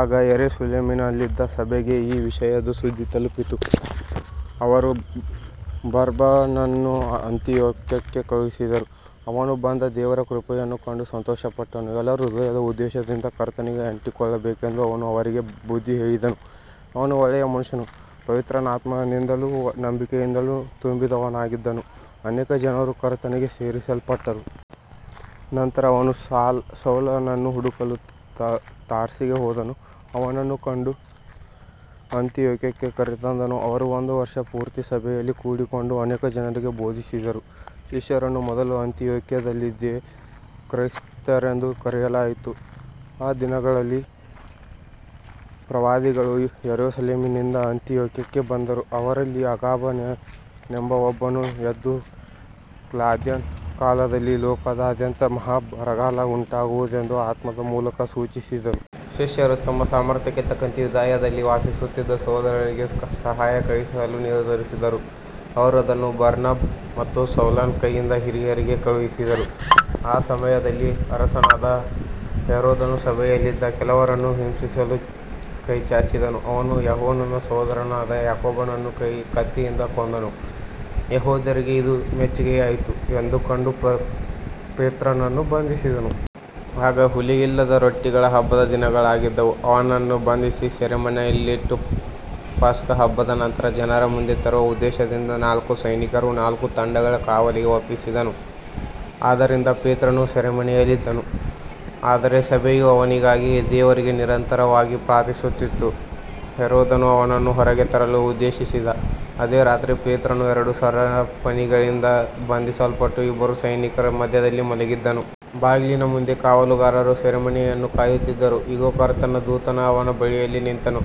ಆಗ ಯೆರೂಸಲೇಮಿನಲ್ಲಿದ್ದ ಸಭೆಗೆ ಈ ವಿಷಯದ ಸುದ್ದಿ ತಲುಪಿತು. ಅವರು ಬರ್ನಬನನ್ನು ಅಂತಿಯೋಕ್ಯಕ್ಕೆ ಕಳುಹಿಸಿದರು. ಅವನು ಬಂದು ದೇವರ ಕೃಪೆಯನ್ನು ಕಂಡು ಸಂತೋಷಪಟ್ಟನು. ಎಲ್ಲರೂ ಹೃದಯದ ಉದ್ದೇಶದಿಂದ ಕರ್ತನಿಗೆ ಅಂಟಿಕೊಳ್ಳಬೇಕೆಂದು ಅವನು ಅವರಿಗೆ ಬುದ್ಧಿಹೇಳಿದನು. ಅವನು ಒಳ್ಳೆಯ ಮನುಷ್ಯನೂ ಪವಿತ್ರಾತ್ಮನಿಂದಲೂ ನಂಬಿಕೆಯಿಂದಲೂ ತುಂಬಿದವನಾಗಿದ್ದನು. ಅನೇಕ ಜನರು ಕರ್ತನಿಗೆ ಸೇರಿಸಲ್ಪಟ್ಟರು. ನಂತರ ಅವನು ಸೌಲನನ್ನು ಹುಡುಕಲು ತಾರ್ಸಿಗೆ ಹೋದನು. ಅವನನ್ನು ಕಂಡು ಅಂತಿಯೋಕ್ಯಕ್ಕೆ ಕರೆತಂದನು. ಅವರು ಒಂದು ವರ್ಷ ಪೂರ್ತಿ ಸಭೆಯಲ್ಲಿ ಕೂಡಿಕೊಂಡು ಅನೇಕ ಜನರಿಗೆ ಬೋಧಿಸಿದರು. ಶಿಷ್ಯರನ್ನು ಮೊದಲು ಅಂತಿಯೋಕ್ಯದಲ್ಲಿಯೇ ಕ್ರೈಸ್ತರೆಂದು ಕರೆಯಲಾಯಿತು. ಆ ದಿನಗಳಲ್ಲಿ ಪ್ರವಾದಿಗಳು ಯೆರೂಸಲೇಮಿನಿಂದ ಅಂತಿಯೋಕ್ಯಕ್ಕೆ ಬಂದರು. ಅವರಲ್ಲಿ ಅಗಾಬನೆಂಬ ಒಬ್ಬನು ಎದ್ದು, ಕ್ಲೌದ್ಯನ ಕಾಲದಲ್ಲಿ ಲೋಕದಾದ್ಯಂತ ಮಹಾ ಬರಗಾಲ ಉಂಟಾಗುವುದೆಂದು ಆತ್ಮದ ಮೂಲಕ ಸೂಚಿಸಿದನು. ಶಿಷ್ಯರು ತಮ್ಮ ಸಾಮರ್ಥ್ಯಕ್ಕೆ ತಕ್ಕಂತೆ ಯೂದಾಯದಲ್ಲಿ ವಾಸಿಸುತ್ತಿದ್ದ ಸಹೋದರರಿಗೆ ಸಹಾಯ ಕಳುಹಿಸಲು ನಿರ್ಧರಿಸಿದರು. ಅವರು ಅದನ್ನು ಬರ್ನಬ ಮತ್ತು ಸೌಲನ ಕೈಯಿಂದ ಹಿರಿಯರಿಗೆ ಕಳುಹಿಸಿದರು. ಆ ಸಮಯದಲ್ಲಿ ಅರಸನಾದ ಹೆರೋದನು ಸಭೆಯಲ್ಲಿದ್ದ ಕೆಲವರನ್ನು ಹಿಂಸಿಸಲು ಕೈಚಾಚಿದನು. ಅವನು ಯೋಹಾನನ ಸಹೋದರನಾದ ಯಾಕೋಬನನ್ನು ಕತ್ತಿಯಿಂದ ಕೊಂದನು. ಯೆಹೂದ್ಯರಿಗೆ ಇದು ಮೆಚ್ಚಿಗೆಯಾಯಿತು ಎಂದು ಕಂಡು ಪೇತ್ರನನ್ನೂ ಬಂಧಿಸಿದನು. ಆಗ ಹುಳಿಯಿಲ್ಲದ ರೊಟ್ಟಿಗಳ ಹಬ್ಬದ ದಿನಗಳಾಗಿದ್ದವು. ಅವನನ್ನು ಬಂಧಿಸಿ ಸೆರೆಮನೆಯಲ್ಲಿಟ್ಟು, ಪಸ್ಕಹಬ್ಬದ ನಂತರ ಜನರ ಮುಂದೆ ತರುವ ಉದ್ದೇಶದಿಂದ ನಾಲ್ಕು ಸೈನಿಕರ ನಾಲ್ಕು ತಂಡಗಳ ಕಾವಲಿಗೆ ಒಪ್ಪಿಸಿದನು. ಆದ್ದರಿಂದ ಪೇತ್ರನು ಸೆರೆಮನೆಯಲ್ಲಿದ್ದನು. ಆದರೆ ಸಭೆಯು ಅವನಿಗಾಗಿ ದೇವರಿಗೆ ನಿರಂತರವಾಗಿ ಪ್ರಾರ್ಥಿಸುತ್ತಿತ್ತು. ಹೆರೋದನು ಅವನನ್ನು ಹೊರಗೆ ತರಲು ಉದ್ದೇಶಿಸಿದ್ದ ಅದೇ ರಾತ್ರಿ ಪೇತ್ರನು ಎರಡು ಸರಪಣಿಗಳಿಂದ ಬಂಧಿಸಲ್ಪಟ್ಟು ಇಬ್ಬರು ಸೈನಿಕರ ಮಧ್ಯದಲ್ಲಿ ಮಲಗಿದ್ದನು. ಬಾಗಿಲಿನ ಮುಂದೆ ಕಾವಲುಗಾರರು ಸೆರೆಮನೆಯನ್ನು ಕಾಯುತ್ತಿದ್ದರು. ಇಗೋ, ಕರ್ತನ ದೂತನು ಅವನ ಬಳಿಯಲ್ಲಿ ನಿಂತನು.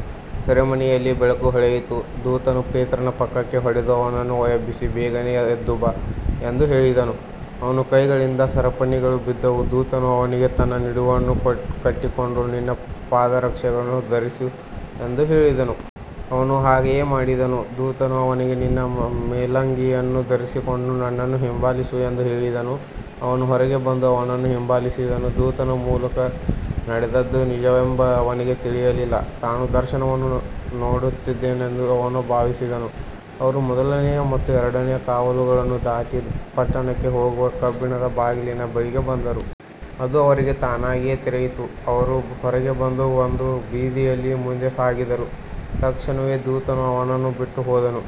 ಸೆರೆಮನೆಯಲ್ಲಿ ಬೆಳಕು ಹೊಳೆಯಿತು. ದೂತನು ಪೇತ್ರನ ಪಕ್ಕಕ್ಕೆ ಹೊಡೆದು ಅವನನ್ನು ಎಬ್ಬಿಸಿ, ಬೇಗನೆ ಎದ್ದುಬಾ ಎಂದು ಹೇಳಿದನು. ಅವನ ಕೈಗಳಿಂದ ಸರಪಣಿಗಳು ಬಿದ್ದವು. ದೂತನು ಅವನಿಗೆ, ನಿನ್ನ ನಡುವನ್ನು ಕಟ್ಟಿಕೊಂಡು ನಿನ್ನ ಪಾದರಕ್ಷೆಗಳನ್ನು ಧರಿಸು ಎಂದು ಹೇಳಿದನು. ಅವನು ಹಾಗೆಯೇ ಮಾಡಿದನು. ದೂತನು ಅವನಿಗೆ, ನಿನ್ನ ಮೇಲಂಗಿಯನ್ನು ಧರಿಸಿಕೊಂಡು ನನ್ನನ್ನು ಹಿಂಬಾಲಿಸು ಎಂದು ಹೇಳಿದನು. ಅವನು ಹೊರಗೆ ಬಂದು ಅವನನ್ನು ಹಿಂಬಾಲಿಸಿದನು. ದೂತನ ಮೂಲಕ ನಡೆದದ್ದು ನಿಜವೆಂದು ಅವನಿಗೆ ತಿಳಿಯಲಿಲ್ಲ. ತಾನು ದರ್ಶನವನ್ನು ನೋಡುತ್ತಿದ್ದೇನೆಂದು ಅವನು ಭಾವಿಸಿದನು. ಅವರು ಮೊದಲನೆಯ ಮತ್ತು ಎರಡನೆಯ ಕಾವಲುಗಳನ್ನು ದಾಟಿ, ಪಟ್ಟಣಕ್ಕೆ ಹೋಗುವ ಕಬ್ಬಿಣದ ಬಾಗಿಲಿನ ಬಳಿಗೆ ಬಂದರು. ಅದು ಅವರಿಗೆ ತಾನಾಗಿಯೇ ತೆರೆಯಿತು. ಅವರು ಹೊರಗೆ ಬಂದು ಒಂದು ಬೀದಿಯಲ್ಲಿ ಮುಂದೆ ಸಾಗಿದರು. ತಕ್ಷಣವೇ ದೂತನು ಅವನನ್ನು ಬಿಟ್ಟುಹೋದನು.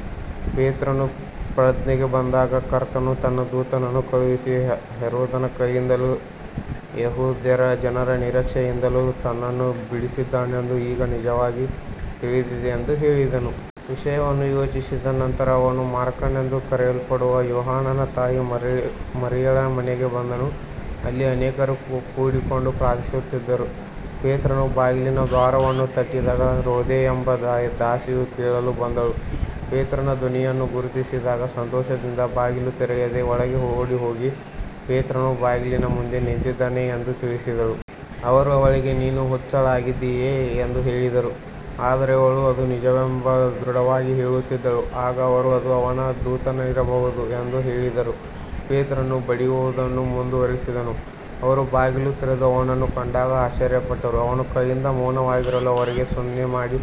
ಪೇತ್ರನು ಪ್ರಜ್ಞೆಗೆ ಬಂದಾಗ, ಕರ್ತನು ತನ್ನ ದೂತನನ್ನು ಕಳುಹಿಸಿ ಹೆರೋದನ ಕೈಯಿಂದಲೂ ಯೆಹೂದ್ಯರ ಜನರ ನಿರೀಕ್ಷೆಯಿಂದಲೂ ತನ್ನನ್ನು ಬಿಡಿಸಿದ್ದಾನೆಂದು ಈಗ ನಿಜವಾಗಿ ತಿಳಿದಿದೆ ಎಂದು ಹೇಳಿದನು. ವಿಷಯವನ್ನು ಯೋಚಿಸಿದ ನಂತರ ಅವನು ಮಾರ್ಕನೆಂದು ಕರೆಯಲ್ಪಡುವ ಯೋಹಾನನ ತಾಯಿ ಮರಿಯಳ ಮನೆಗೆ ಬಂದನು. ಅಲ್ಲಿ ಅನೇಕರು ಕೂಡಿಕೊಂಡು ಪ್ರಾರ್ಥಿಸುತ್ತಿದ್ದರು. ಪೇತ್ರನು ಬಾಗಿಲಿನ ದ್ವಾರವನ್ನು ತಟ್ಟಿದಾಗ ರೋದೆ ಎಂಬ ದಾಸಿಯು ಕೇಳಲು ಬಂದಳು. ಪೇತ್ರನ ಧ್ವನಿಯನ್ನು ಗುರುತಿಸಿದಾಗ ಸಂತೋಷದಿಂದ ಬಾಗಿಲು ತೆರೆಯದೆ ಒಳಗೆ ಓಡಿ ಹೋಗಿ, ಪೇತ್ರನು ಬಾಗಿಲಿನ ಮುಂದೆ ನಿಂತಿದ್ದಾನೆ ಎಂದು ತಿಳಿಸಿದಳು. ಅವರು ಅವಳಿಗೆ, ನೀನು ಹುಚ್ಚಳಾಗಿದ್ದೀಯೆ ಎಂದು ಹೇಳಿದರು. ಆದರೆ ಅವಳು ಅದು ನಿಜವೆಂದು ದೃಢವಾಗಿ ಹೇಳುತ್ತಿದ್ದಳು. ಆಗ ಅವರು, ಅದು ಅವನ ದೂತನಿರಬಹುದು ಎಂದು ಹೇಳಿದರು. ಪೇತ್ರನು ಬಡಿಯುವುದನ್ನು ಮುಂದುವರಿಸಿದನು. ಅವರು ಬಾಗಿಲು ತೆರೆದು ಅವನನ್ನು ಕಂಡಾಗ ಆಶ್ಚರ್ಯಪಟ್ಟರು. ಅವನು ಕೈಯಿಂದ ಮೌನವಾಗಿರಲು ಅವರಿಗೆ ಸನ್ನೆಮಾಡಿ,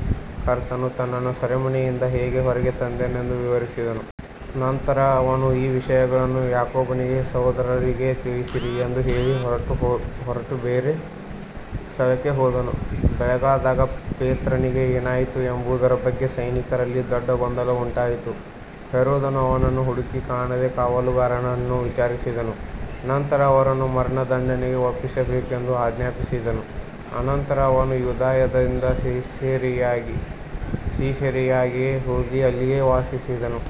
ಕರ್ತನು ತನ್ನನ್ನು ಸೆರೆಮನೆಯಿಂದ ಹೇಗೆ ಹೊರಗೆ ತಂದನೆಂದು ವಿವರಿಸಿದನು. ನಂತರ ಅವನು, ಈ ವಿಷಯಗಳನ್ನು ಯಾಕೋಬನಿಗೂ ಸಹೋದರರಿಗೂ ತಿಳಿಸಿರಿ ಎಂದು ಹೇಳಿ ಹೊರಟು ಬೇರೆ ಸ್ಥಳಕ್ಕೆ ಹೋದನು. ಬೆಳಗಾದಾಗ ಪೇತ್ರನಿಗೆ ಏನಾಯಿತು ಎಂಬುದರ ಬಗ್ಗೆ ಸೈನಿಕರಲ್ಲಿ ದೊಡ್ಡ ಗೊಂದಲ ಉಂಟಾಯಿತು. ಹೆರೋದನು ಅವನನ್ನು ಹುಡುಕಿ ಕಾಣದೆ ಕಾವಲುಗಾರರನ್ನು ವಿಚಾರಿಸಿದನು. ನಂತರ ಅವರನ್ನು ಮರಣದಂಡನೆಗೆ ಒಪ್ಪಿಸಬೇಕೆಂದು ಆಜ್ಞಾಪಿಸಿದನು. ಅನಂತರ ಅವನು ಯೂದಾಯದಿಂದ ಸಿಸೇರಿಯಾಗೆ ಹೋಗಿ ಅಲ್ಲಿಯೇ ವಾಸಿಸಿದನು.